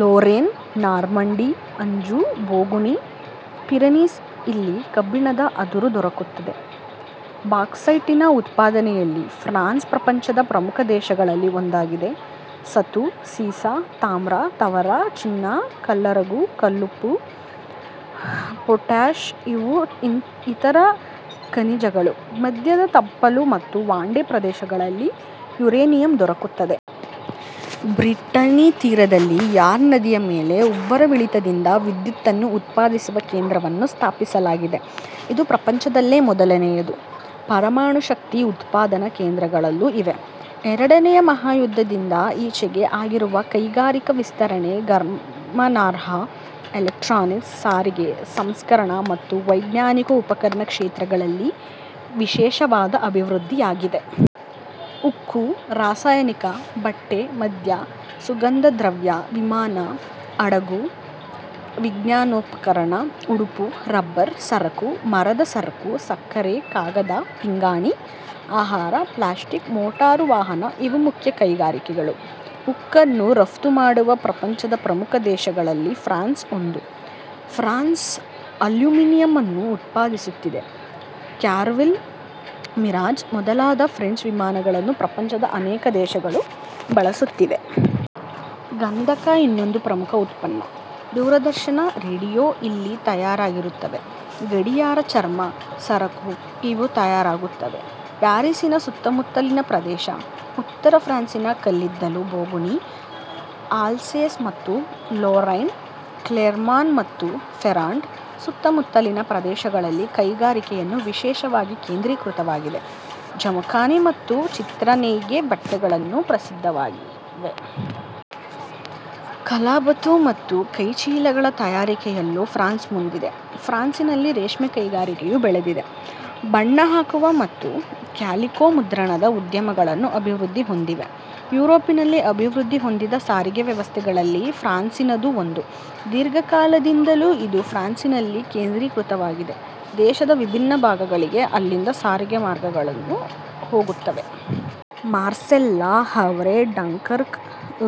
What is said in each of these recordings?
Lorraine, Normandy, Anjou ಬೋಗುಣಿ, Pyrenees ಇಲ್ಲಿ ಕಬ್ಬಿಣದ ಅದುರು ದೊರಕುತ್ತದೆ. ಬಾಕ್ಸೈಟಿನ ಉತ್ಪಾದನೆಯಲ್ಲಿ ಫ್ರಾನ್ಸ್ ಪ್ರಪಂಚದ ಪ್ರಮುಖ ದೇಶಗಳಲ್ಲಿ ಒಂದಾಗಿದೆ. ಸತು, ಸೀಸ, ತಾಮ್ರ, ತವರ, ಚಿನ್ನ, ಕಲ್ಲರಗು, ಕಲ್ಲುಪ್ಪು, ಪೊಟ್ಯಾಷ್ ಇವು ಇತರ ಖನಿಜಗಳು. ಮಧ್ಯದ ತಪ್ಪಲು ಮತ್ತು ವಾಂಡೇ ಪ್ರದೇಶಗಳಲ್ಲಿ ಯುರೇನಿಯಮ್ ದೊರಕುತ್ತದೆ. ಬ್ರಿಟನಿ ತೀರದಲ್ಲಿ ರ್ಯಾನ್ಸ್ ನದಿಯ ಮೇಲೆ ಉಬ್ಬರವಿಳಿತದಿಂದ ವಿದ್ಯುತ್ತನ್ನು ಉತ್ಪಾದಿಸುವ ಕೇಂದ್ರವನ್ನು ಸ್ಥಾಪಿಸಲಾಗಿದೆ. ಇದು ಪ್ರಪಂಚದಲ್ಲೇ ಮೊದಲನೆಯದು. ಪರಮಾಣುಶಕ್ತಿ ಉತ್ಪಾದನ ಕೇಂದ್ರಗಳೂ ಇವೆ. ಎರಡನೆಯ ಮಹಾ ಯುದ್ಧದಿಂದ ಈಚೆಗೆ ಆಗಿರುವ ಕೈಗಾರಿಕಾ ವಿಸ್ತರಣೆ ಗರ್ಮನಾರ್ಹ. ಎಲೆಕ್ಟ್ರಾನಿಕ್ಸ್, ಸಾರಿಗೆ, ಸಂಸ್ಕರಣ ಮತ್ತು ವೈಜ್ಞಾನಿಕ ಉಪಕರಣ ಕ್ಷೇತ್ರಗಳಲ್ಲಿ ವಿಶೇಷವಾದ ಅಭಿವೃದ್ಧಿಯಾಗಿದೆ. ಉಕ್ಕು, ರಸಾಯನಿಕ, ಬಟ್ಟೆ, ಮದ್ಯ ಸುಗಂಧದ್ರವ್ಯ, ವಿಮಾನ, ಹಡಗು, ವಿಜ್ಞಾನೋಪಕರಣ, ಉಡುಪು, ರಬ್ಬರ್ ಸರಕು, ಮರದ ಸರಕು, ಸಕ್ಕರೆ, ಕಾಗದ ಪಿಂಗಾಣಿ, ಆಹಾರ, ಪ್ಲಾಸ್ಟಿಕ್, ಮೋಟಾರುವಾಹನ ಇವು ಮುಖ್ಯ ಕೈಗಾರಿಕೆಗಳು. ಉಕ್ಕನ್ನು ರಫ್ತುಮಾಡುವ ಪ್ರಪಂಚದ ಪ್ರಮುಖ ದೇಶಗಳಲ್ಲಿ ಫ್ರಾನ್ಸ್ ಒಂದು. ಫ್ರಾನ್ಸ್ ಅಲ್ಯೂಮಿನಿಯಮನ್ನೂ ಉತ್ಪಾದಿಸುತ್ತಿದೆ. ಕ್ಯಾರವಿಲ್, ಮಿರಾಜ್ ಮೊದಲಾದ ಫ್ರೆಂಚ್ ವಿಮಾನಗಳನ್ನು ಪ್ರಪಂಚದ ಅನೇಕ ದೇಶಗಳು ಬಳಸುತ್ತಿವೆ. ಗಂಧಕ ಇನ್ನೊಂದು ಪ್ರಮುಖ ಉತ್ಪನ್ನ. ದೂರದರ್ಶನ, ರೇಡಿಯೋ ಇಲ್ಲಿ ತಯಾರಾಗುತ್ತವೆ. ಗಡಿಯಾರ, ಚರ್ಮ ಸರಕು ಇವೂ ತಯಾರಾಗುತ್ತವೆ. ಪ್ಯಾರಿಸಿನ ಸುತ್ತುಮುತ್ತಲಿನ ಪ್ರದೇಶ, ಉತ್ತರ ಫ್ರಾನ್ಸಿನ ಕಲ್ಲಿದ್ದಲು ಬೋಗುಣಿ ಆಲ್ಸೇಸ್ ಮತ್ತು ಲೊರೈನ್, ಕ್ಲೆರ್ಮಾನ್ ಮತ್ತು ಫೆರಾಂಡ್ ಸುತ್ತಮುತ್ತಲಿನ ಪ್ರದೇಶಗಳಲ್ಲಿ ಕೈಗಾರಿಕೆಗಳು ವಿಶೇಷವಾಗಿ ಕೇಂದ್ರೀಕೃತವಾಗಿವೆ. ಜಮಖಾನೆ ಮತ್ತು ಚಿತ್ರನೇಯ್ಗೆ ಬಟ್ಟೆಗಳೂ ಪ್ರಸಿದ್ಧವಾಗಿವೆ. ಕಲಾಬತು ಮತ್ತು ಕೈಚೀಲಗಳ ತಯಾರಿಕೆಯಲ್ಲೂ ಫ್ರಾನ್ಸ್ ಮುಂದಿದೆ. ಫ್ರಾನ್ಸಿನಲ್ಲಿ ರೇಷ್ಮೆ ಕೈಗಾರಿಕೆಯೂ ಬೆಳೆದಿದೆ. ಬಣ್ಣ ಹಾಕುವ ಮತ್ತು ಕ್ಯಾಲಿಕೊ ಮುದ್ರಣದ ಉದ್ಯಮಗಳು ಅಭಿವೃದ್ಧಿಹೊಂದಿವೆ. ಯುರೋಪಿನಲ್ಲಿ ಅಭಿವೃದ್ಧಿ ಹೊಂದಿದ ಸಾರಿಗೆ ವ್ಯವಸ್ಥೆಗಳಲ್ಲಿ ಫ್ರಾನ್ಸಿನದೂ ಒಂದು. ದೀರ್ಘಕಾಲದಿಂದಲೂ ಇದು ಫ್ಯಾರಿಸಿನಲ್ಲಿ ಕೇಂದ್ರೀಕೃತವಾಗಿದೆ. ದೇಶದ ವಿಭಿನ್ನ ಭಾಗಗಳಿಗೆ ಅಲ್ಲಿಂದ ಸಾರಿಗೆ ಮಾರ್ಗಗಳು ಹೋಗುತ್ತವೆ. ಮಾರ್ಸೇಲ್, ಲ ಹಾವ್ರೆ ಡಂಕರ್ಕ್,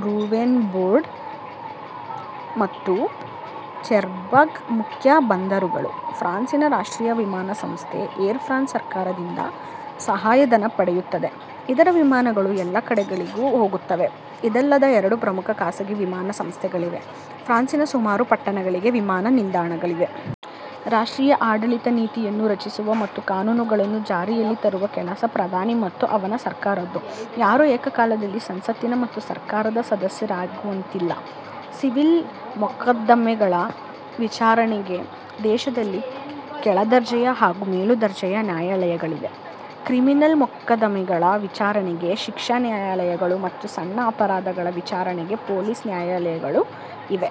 ರೂವೆನ್ಬೋರ್ಡೋ ಮತ್ತು ಚೆರ್ಬಗ್ ಮುಖ್ಯ ಬಂದರುಗಳು. ಫ್ರಾನ್ಸಿನ ರಾಷ್ಟ್ರೀಯ ವಿಮಾನ ಸಂಸ್ಥೆ ಏರ್ ಫ್ರಾನ್ಸ್ ಸರ್ಕಾರದಿಂದ ಸಹಾಯಧನ ಪಡೆಯುತ್ತದೆ. ಇದರ ವಿಮಾನಗಳು ಎಲ್ಲ ಕಡೆಗಳಿಗೂ ಹೋಗುತ್ತವೆ. ಇದಲ್ಲದೆ ಎರಡು ಪ್ರಮುಖ ಖಾಸಗಿ ವಿಮಾನ ಸಂಸ್ಥೆಗಳಿವೆ. ಫ್ರಾನ್ಸಿನ ಸುಮಾರು ಪಟ್ಟಣಗಳಿಗೆ ವಿಮಾನ ನಿಲ್ದಾಣಗಳಿವೆ. ರಾಪ್ಟ್ರೀಯ ಆಡಳಿತ ನೀತಿಯನ್ನು ರಚಿಸುವ ಮತ್ತು ಕಾನೂನುಗಳನ್ನು ಜಾರಿಯಲ್ಲಿ ತರುವ ಕೆಲಸ ಪ್ರಧಾನಿ ಮತ್ತು ಅವನ ಸರ್ಕಾರದ್ದು. ಯಾರು ಏಕ ಕಾಲದಲ್ಲಿ ಸಂಸತ್ತಿನ ಮತ್ತು ಸರ್ಕಾರದ ಸದಸ್ಯರಾಗುವಂತಿಲ್ಲ. ಸಿವಿಲ್ ಮೊಕದ್ದಮೆಗಳ ವಿಚಾರಣೆಗೆ ದೇಶದಲ್ಲಿ ಕೆಳದರ್ಜೆಯ ಹಾಗೂ ಮೇಲುದರ್ಜೆಯ ನ್ಯಾಯಾಲಯಗಳಿವೆ. ಕ್ರಿಮಿನಲ್ ಮೊಕದ್ದಮೆಗಳ ವಿಚಾರಣೆಗೆ ಶಿಕ್ಷಾ ನ್ಯಾಯಾಲಯಗಳು ಮತ್ತು ಸಣ್ಣ ಅಪರಾಧಗಳ ವಿಚಾರಣೆಗೆ ಪೊಲೀಸ್ ನ್ಯಾಯಾಲಯಗಳು ಇವೆ.